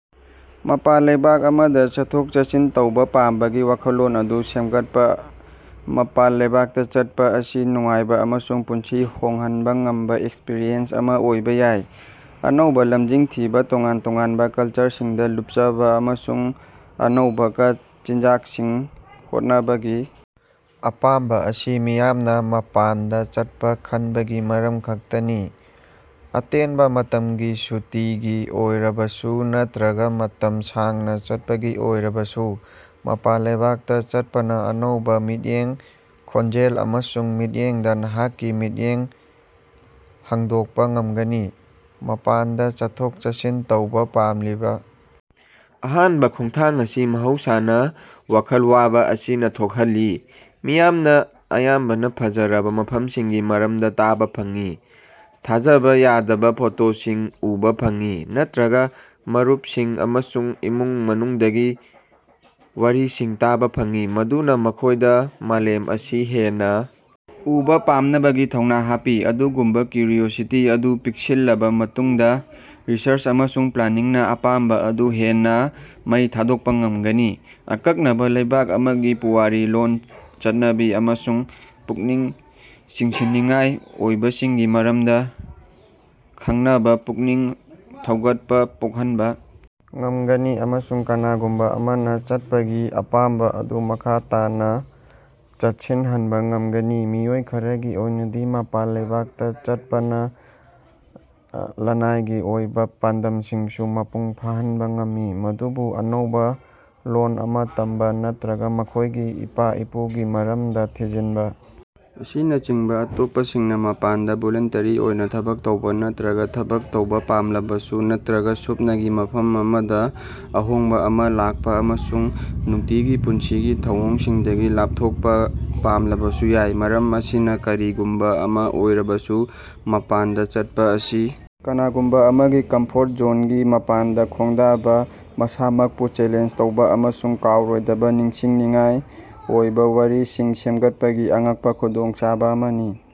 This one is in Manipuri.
ꯃꯄꯥꯟ ꯂꯩꯕꯥꯛ ꯑꯃꯗ ꯆꯠꯊꯣꯛ-ꯆꯠꯁꯤꯟ ꯇꯧꯕ ꯄꯥꯝꯕꯒꯤ ꯋꯥꯈꯜꯂꯣꯟ ꯑꯗꯨ ꯁꯦꯝꯒꯠꯄ꯫ ꯃꯄꯥꯟ ꯂꯩꯕꯥꯛꯇ ꯆꯠꯄ ꯑꯁꯤ ꯅꯨꯡꯉꯥꯏꯕ ꯑꯃꯁꯨꯡ ꯄꯨꯟꯁꯤ ꯍꯣꯡꯍꯟꯕ ꯉꯝꯕ ꯑꯦꯛꯁꯄꯔꯤꯌꯦꯟꯁ ꯑꯃ ꯑꯣꯏꯕ ꯌꯥꯏ꯫ ꯑꯅꯧꯕ ꯂꯝꯁꯤꯡ ꯊꯤꯕ, ꯇꯣꯉꯥꯟ ꯇꯣꯉꯥꯟꯕ ꯀꯜꯆꯔꯁꯤꯡꯗ ꯂꯨꯄꯆꯕ ꯑꯃꯁꯨꯡ ꯑꯅꯧꯕꯀ ꯆꯤꯟꯖꯥꯛꯁꯤꯡ ꯍꯣꯠꯅꯕꯒꯤ ꯑꯄꯥꯝꯕ ꯑꯁꯤ ꯃꯤꯌꯥꯝꯅ ꯃꯄꯥꯟꯗ ꯆꯠꯄ ꯈꯟꯕꯒꯤ ꯃꯔꯝ ꯈꯔꯈꯛꯇꯅꯤ꯫ ꯑꯇꯦꯟꯕ ꯃꯇꯝꯒꯤ ꯁꯨꯇꯤꯒꯤ ꯑꯣꯏꯔꯕꯁꯨ ꯅꯠꯇ꯭ꯔꯒ ꯃꯇꯝ ꯁꯥꯡꯅ ꯆꯠꯄꯒꯤ ꯑꯣꯏꯔꯕꯁꯨ ꯃꯄꯥꯟ ꯂꯩꯕꯥꯛꯇ ꯆꯠꯄꯅ ꯑꯅꯧꯕ ꯃꯤꯠꯌꯦꯡ, ꯈꯣꯟꯖꯦꯜ ꯑꯃꯁꯨꯡ ꯃꯤꯠꯌꯦꯡꯗ ꯅꯍꯥꯛꯀꯤ ꯃꯤꯠꯌꯦꯡ ꯍꯥꯡꯗꯣꯛꯄ ꯉꯝꯒꯅꯤ꯫ ꯃꯄꯥꯟꯗ ꯆꯠꯊꯣꯛ-ꯆꯠꯁꯤꯟ ꯇꯧꯕ ꯄꯥꯝꯂꯤꯕ ꯑꯍꯥꯟꯕ ꯈꯣꯡꯊꯥꯡ ꯑꯁꯤ ꯃꯍꯧꯁꯥꯅ ꯋꯥꯈꯜ ꯋꯥꯕ ꯑꯁꯤꯅ ꯊꯣꯛꯍꯜꯂꯤ꯫ ꯃꯤꯌꯥꯝꯅ ꯑꯌꯥꯝꯕꯅ ꯐꯖꯔꯕ ꯃꯐꯝꯁꯤꯡꯒꯤ ꯃꯔꯝꯗ ꯇꯥꯕ ꯐꯪꯏ꯫ ꯊꯥꯖꯕ ꯌꯥꯗꯕ ꯐꯣꯇꯣꯁꯤꯡ ꯎꯕ ꯐꯪꯏ ꯅꯠꯠꯜꯇ꯭ꯔꯒ ꯃꯔꯨꯄꯁꯤꯡ ꯑꯃꯁꯨꯡ ꯏꯃꯨꯡ ꯃꯅꯨꯡꯗꯒꯤ ꯋꯥꯔꯤꯁꯤꯡ ꯇꯥꯕ ꯐꯪꯏ꯫ ꯃꯗꯨꯅ ꯃꯈꯣꯏꯗ ꯃꯥꯂꯦꯝ ꯑꯁꯤ ꯍꯦꯟꯅ ꯎꯕ ꯄꯥꯝꯅꯕꯒꯤ ꯊꯧꯅꯥ ꯍꯥꯞꯄꯤ꯫ ꯑꯗꯨꯒꯨꯝꯕ ꯀ꯭ꯌꯨꯔꯤꯑꯣꯁꯤꯇꯤ ꯑꯗꯨ ꯄꯤꯛꯁꯤꯜꯂꯕ ꯃꯇꯨꯡꯗ ꯔꯤꯁꯔꯆ ꯑꯃꯁꯨꯡ ꯄ꯭ꯂꯥꯅꯤꯡꯅ ꯑꯄꯥꯝꯕ ꯑꯗꯨ ꯍꯦꯟꯅ ꯃꯩ ꯊꯥꯗꯣꯛꯄ ꯉꯝꯒꯅꯤ꯫ ꯑꯀꯛꯅꯕ ꯂꯩꯕꯥꯛ ꯑꯃꯒꯤ ꯄꯨꯋꯥꯔꯤ, ꯂꯣꯜ, ꯆꯠꯅꯕꯤ ꯑꯃꯁꯨꯡ ꯄꯨꯛꯅꯤꯡ ꯆꯤꯡꯁꯤꯟꯅꯤꯡꯉꯥꯏ ꯑꯣꯏꯕꯁꯤꯡꯒꯤ ꯃꯔꯝꯗ ꯈꯪꯕꯅ ꯄꯨꯛꯅꯤꯡ ꯊꯧꯒꯠꯄ ꯄꯣꯛꯍꯟꯕ ꯉꯝꯒꯅꯤ꯫ ꯑꯃꯁꯨꯡ ꯀꯅꯥꯒꯨꯝꯕ ꯑꯃꯅ ꯆꯠꯄꯒꯤ ꯑꯄꯥꯝꯕ ꯑꯗꯨ ꯃꯈꯥ ꯇꯥꯅ ꯆꯦꯠꯁꯤꯠꯍꯟꯕ ꯉꯝꯒꯅꯤ꯫ ꯃꯤꯑꯣꯏ ꯈꯔꯒꯤ ꯑꯣꯏꯅꯗꯤ ꯃꯄꯥꯟ ꯂꯩꯕꯥꯛꯇꯥ ꯆꯠꯄꯅ ꯂꯅꯥꯏꯒꯤ ꯑꯣꯏꯕ ꯄꯥꯟꯗꯝꯁꯤꯡꯁꯨ ꯃꯄꯨꯡ ꯐꯥꯍꯟꯕ ꯉꯝꯃꯤ꯫ ꯃꯗꯨꯗꯤ ꯑꯅꯧꯕ ꯂꯣꯜ ꯑꯃ ꯇꯝꯕ ꯅꯠꯇ꯭ꯔꯒ ꯃꯈꯣꯏꯒꯤ ꯏꯄꯥ-ꯏꯄꯨꯒꯤ ꯃꯔꯝꯗ ꯊꯤꯖꯤꯟꯕ ꯑꯁꯤꯅꯆꯤꯡꯕꯥ꯫ ꯑꯇꯣꯞꯄꯁꯤꯡꯅ ꯃꯄꯥꯟꯗ ꯚꯣꯂꯨꯟꯇꯔꯤ ꯑꯣꯏꯅ ꯊꯕꯛ ꯇꯧꯕ ꯅꯠꯇ꯭ꯔꯒ ꯊꯕꯛ ꯇꯧꯕ ꯄꯥꯝꯂꯕꯁꯨ ꯅꯠꯇ꯭ꯔꯒ ꯁꯨꯞꯅꯒꯤ ꯃꯐꯝ ꯑꯃꯗ ꯑꯍꯣꯡꯕ ꯑꯃ ꯂꯥꯛꯄ ꯑꯃꯁꯨꯡ ꯅꯨꯡꯇꯤꯒꯤ ꯄꯨꯟꯁꯤꯒꯤ ꯊꯧꯑꯣꯡꯁꯤꯡꯗꯒꯤ ꯂꯥꯄꯊꯣꯛꯄ ꯄꯥꯝꯂꯕꯁꯨ ꯌꯥꯏ꯫ ꯃꯔꯝ ꯑꯁꯤ ꯀꯔꯤꯒꯨꯝꯕ ꯑꯃ ꯑꯣꯏꯔꯕꯁꯨ, ꯃꯄꯥꯟꯗ ꯆꯠꯄ ꯑꯁꯤ ꯀꯅꯥꯒꯨꯝꯕ ꯑꯃꯒꯤ ꯀꯝꯐꯣꯔꯠ ꯖꯣꯟꯒꯤ ꯃꯄꯥꯟꯗ ꯈꯣꯡꯗꯥꯕ ꯃꯁꯥꯃꯛꯄꯨ ꯆꯦꯂꯦꯟꯖ ꯇꯧꯕ ꯑꯃꯁꯨꯡ ꯀꯥꯎꯔꯣꯏꯗꯕ ꯅꯤꯡꯁꯤꯡꯅꯤꯡꯉꯥꯏ ꯑꯣꯏꯕ ꯋꯥꯔꯤꯁꯤꯡ ꯁꯦꯝꯒꯠꯄꯒꯤ ꯑꯉꯛꯄ ꯈꯨꯗꯣꯡꯆꯥꯕ ꯑꯃꯅꯤ꯫